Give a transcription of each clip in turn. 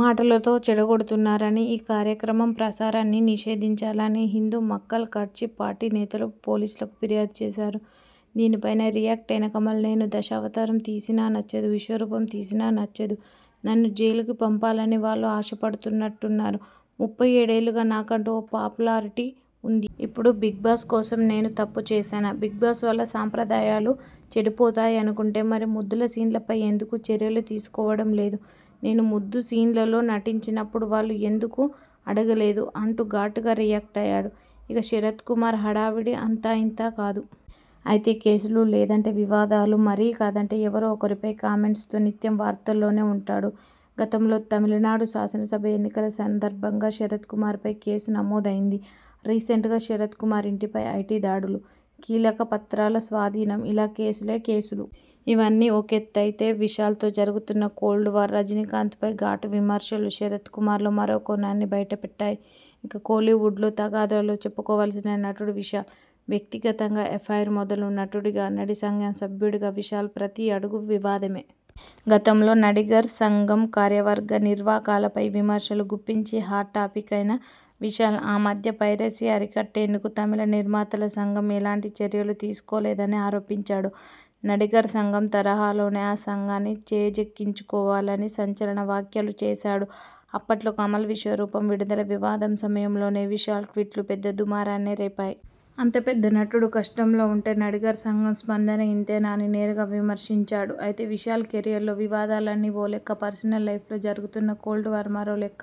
మాటలతో చెడగొడుతున్నారని, ఈ కార్యక్రమం ప్రసారాన్ని నిషేధించాలని హిందూ మక్కల్ కట్చి పార్టీ నేతలు పోలీసులకు ఫిర్యాదు చేశారు. దీని పైనా రియాక్టైన కమల్, నేను దశావతారం తీసినా నచ్చదు. విశ్వరూపం తీసినా నచ్చదు. నన్ను జైలుకి పంపాలని వాళ్లు ఆశపడుతున్నట్టున్నారు. ముప్పై ఏడు ఏళ్లుగా నాకంటూ ఓ పాపులారిటీ ఉంది. ఇప్పుడు బిగ్ బాస్ కోసం నేను తప్పు చేస్తానా? బిగ్ బాస్ వల్ల సంప్రదాయాలు చెడిపోతాయనుకుంటే మరి ముద్దుల సీన్ల పై ఎందుకు చర్యలు తీసుకోవడం లేదు, నేను ముద్దు సీన్లలో నటించినప్పుడు వాళ్లు ఎందుకు అడగలేదు? అంటూ ఘాటుగా రియాక్టయ్యాడు. ఇక శరత్ కుమార్ హడావుడి అంతా ఇంతా కాదు. అయితే కేసులు, లేదంటే వివాదాలు, మరీ కాదంటే ఎవరో ఒకరిపై కామెంట్స్ తో నిత్యం వార్తల్లోనే ఉంటాడు. గతంలో తమిళనాడు శాసన సభ ఎన్నికల సందర్భంగా శరత్ కుమార్ పై కేసు నమోదైంది. రీసెంట్గా శరత్ కుమార్ ఇంటి పై ఐటీ దాడులు, కీలక పత్రాల స్వాధీనం ఇలా కేసులే కేసులు. ఇవన్నీ ఒకెత్తైతే విశాల్తో జరుగుతున్న కోల్డ్ వార్, రజినీకాంత్ పై ఘాటు విమర్శలు శరత్ కుమార్లో మరో కోణాన్ని బయట పెట్టాయి. ఇక కోలీవుడ్లో తగాదాల్లో చెప్పుకోవాల్సిన నటుడు విశాల్. వ్యక్తిగతంగా ఎఫైర్ మొదలు నటుడిగా, నడి సంఘం సభ్యుడిగా విశాల్ ప్రతి అడుగు వివాదమే. గతంలో నడిగర్ సంఘం కార్యవర్గ నిర్వాకాలపై విమర్శలు గుప్పించి హాట్ టాపిక్ అయిన విశాల్ ఆ మధ్య పైరసీ అరికట్టేందుకు తమిళ నిర్మాతల సంఘం ఎలాంటి చర్యలు తీసుకోలేదని ఆరోపించాడు. నడిగర్ సంఘం తరహాలోనే ఆ సంఘాన్ని చేజిక్కించుకోవాలని సంచలన వ్యాఖ్యలు చేశాడు. అప్పట్లో కమల్ విశ్వరూపం విడుదల వివాదం సమయంలోనూ విశాల్ ట్వీట్లు పెద్ద దుమారాన్నే రేపాయ్. అంత పెద్ద నటుడు కష్టంలో ఉంటే నడిగర్ సంఘం స్పందన ఇంతేనా? అని నేరుగా విమర్శించాడు. అయితే విశాల్ కెరీర్లో వివాదాలన్నీ ఓ లెక్క పర్సనల్ లైఫ్లో జరుగుతున్న కోల్డ్ వార్ మరో లెక్క.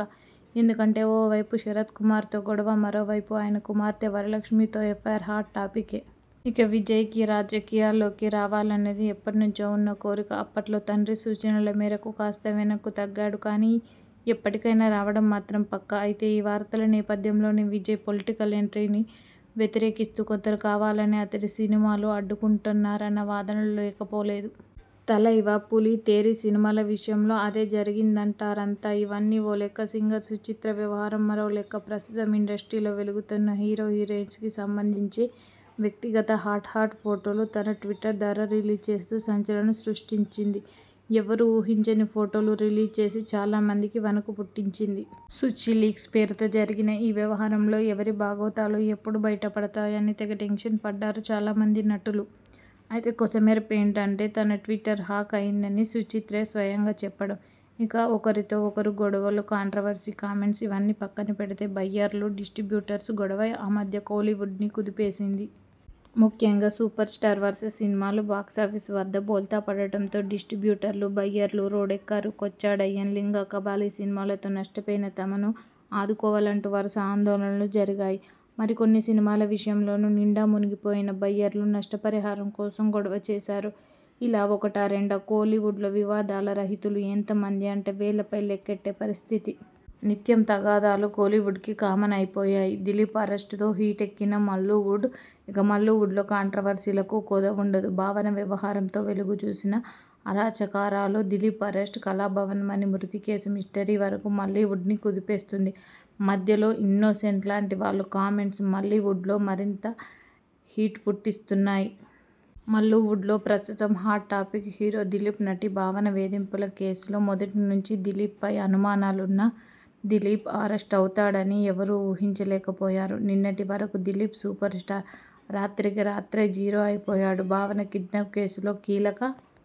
ఎందుకంటే ఓ వైపు శరత్ కూమార్తో గొడవ, మరో వైపు ఆయన కుమార్తె వరలక్ష్మితో ఎఫైర్ హాట్ టాపిక్కే. ఇక విజయ్కి రాజకీయాల్లోకి రావాలన్నది ఎప్పటి నుంచో ఉన్న కోరిక. అప్పట్లో తండ్రి సూచనల మేరకు కాస్త వెనక్కు తగ్గాడు కానీ.. ఎప్పటికైనా రావడం మాత్రం పక్కా. అయితే ఈ వార్తల నేపథ్యం లోనే విజయ్ పొలిటికల్ ఎంట్రీని వ్యతిరేకిస్తూ కొందరు కావాలనే అతడి సినిమాలు అడ్డుకుంటున్నారన్న వాదనలూ లేకపోలేదు. తలైవా, పులి, తేరి సినిమాల విషయంలో అదే జరిగిందంటారంతా. ఇవన్నీ ఓలెక్క, సింగర్ సుచిత్ర వ్యవహారం మరోలెక్క. ప్రస్తుతం ఇండస్ట్రీలో వెలుగుతున్న హీరో, హీరోయిన్స్ కి సంబంధించి వ్యక్తి గత, హాట్ హాట్ ఫొటోలు తన ట్విట్టర్ ద్వారా రిలీజ్ చేస్తూ సంచలనం సృష్టించింది. ఎవ్వరూ ఊహించని ఫొటోలు రిలీజ్ చేసి చాలామందికి వణుకు పుట్టించింది. సుచీ లీక్స్ పేరుతో జరిగిన ఈ వ్యవహారంలో ఎవరి బాగోతాలు ఎప్పుడు బయట పడతాయో అని తెగ టెన్షన్ పడ్డారు చాలామంది నటులు. అయితే కొసమెరుపేంటంటే.. తన ట్విట్టర్ హ్యాక్ అయిందని సుచిత్రే స్వయంగా చెప్పడం. ఇక ఒకరితో ఒకరి గొడవలు, కాంట్రవర్శీ కామెంట్స్ ఇవన్నీ పక్కన పెడితే బయ్యర్లు-డిస్టిబ్యూటర్స్ గొడవ ఆ మధ్య కోలీవుడ్ను కుదిపేసింది. ముఖ్యంగా సూపర్ స్టార్ వరుస సినిమాలు బాక్సాఫీస్ వద్ద బోల్తా పడడంతో డిస్టిబ్యూటర్లు-బయ్యర్లు రోడ్డెక్కారు. కొచ్చాడయ్యాన్, లింగ, కబాలీ సినిమాలతో నష్టపోయిన తమను ఆదుకోవాలంటూ వరుస ఆందోళనలు జరిగాయి. మరికొన్ని సినిమాల విషయంలోనూ నిండా మునిగిపోయిన బయ్యర్లు నష్టపరిహారం కోసం గొడవ చేశారు. ఇలా ఒకటా, రెండా కోలీవుడ్లో వివాదల రహితులు ఎంతమంది అంటే వేళ్లపై లెక్కెట్టే పరిస్థితి. నిత్యం తగాదాలు కోలీవుడ్కి కామన్ అయిపోయాయి. దిలీప్ అరెస్టుతో హీటెక్కిన మల్లూవుడ్ ఇక మల్లూవుడ్లో కాంట్రవర్సీలకు కొదవుండదు. భావన వ్యవహారంతో వెలుగు చూసిన అరాచకరాలు.. దిలీప్ అరెస్ట్, కళాభవన్ మణి మృతి కేసు మిస్టరీ వరకూ మల్లూవుడ్ని కుదిపేస్తోంది. మధ్యలో ఇన్నోసెంట్ లాంటి వాళ్ల కామెంట్స్ మల్లూవుడ్లో మరింత హీట్ పుట్టిస్తున్నాయి. మల్లూవుడ్లో ప్రస్తుతం హాట్ టాపిక్ హీరో దిలీప్. నటి భావన వేధింపుల కేసులో మొదటి నుంచీ దిలీప్పై అనుమానులున్నా.. దిలీప్ అరెస్టవుతాడని ఎవ్వరూ ఊహించలేక పోయారు. నిన్నటి వరకూ దిలీప్ సూపర్ స్టార్. రాత్రికి రాత్రే జీరో అయిపోయాడు. భావన కిడ్నాప్ కేసులో కీలక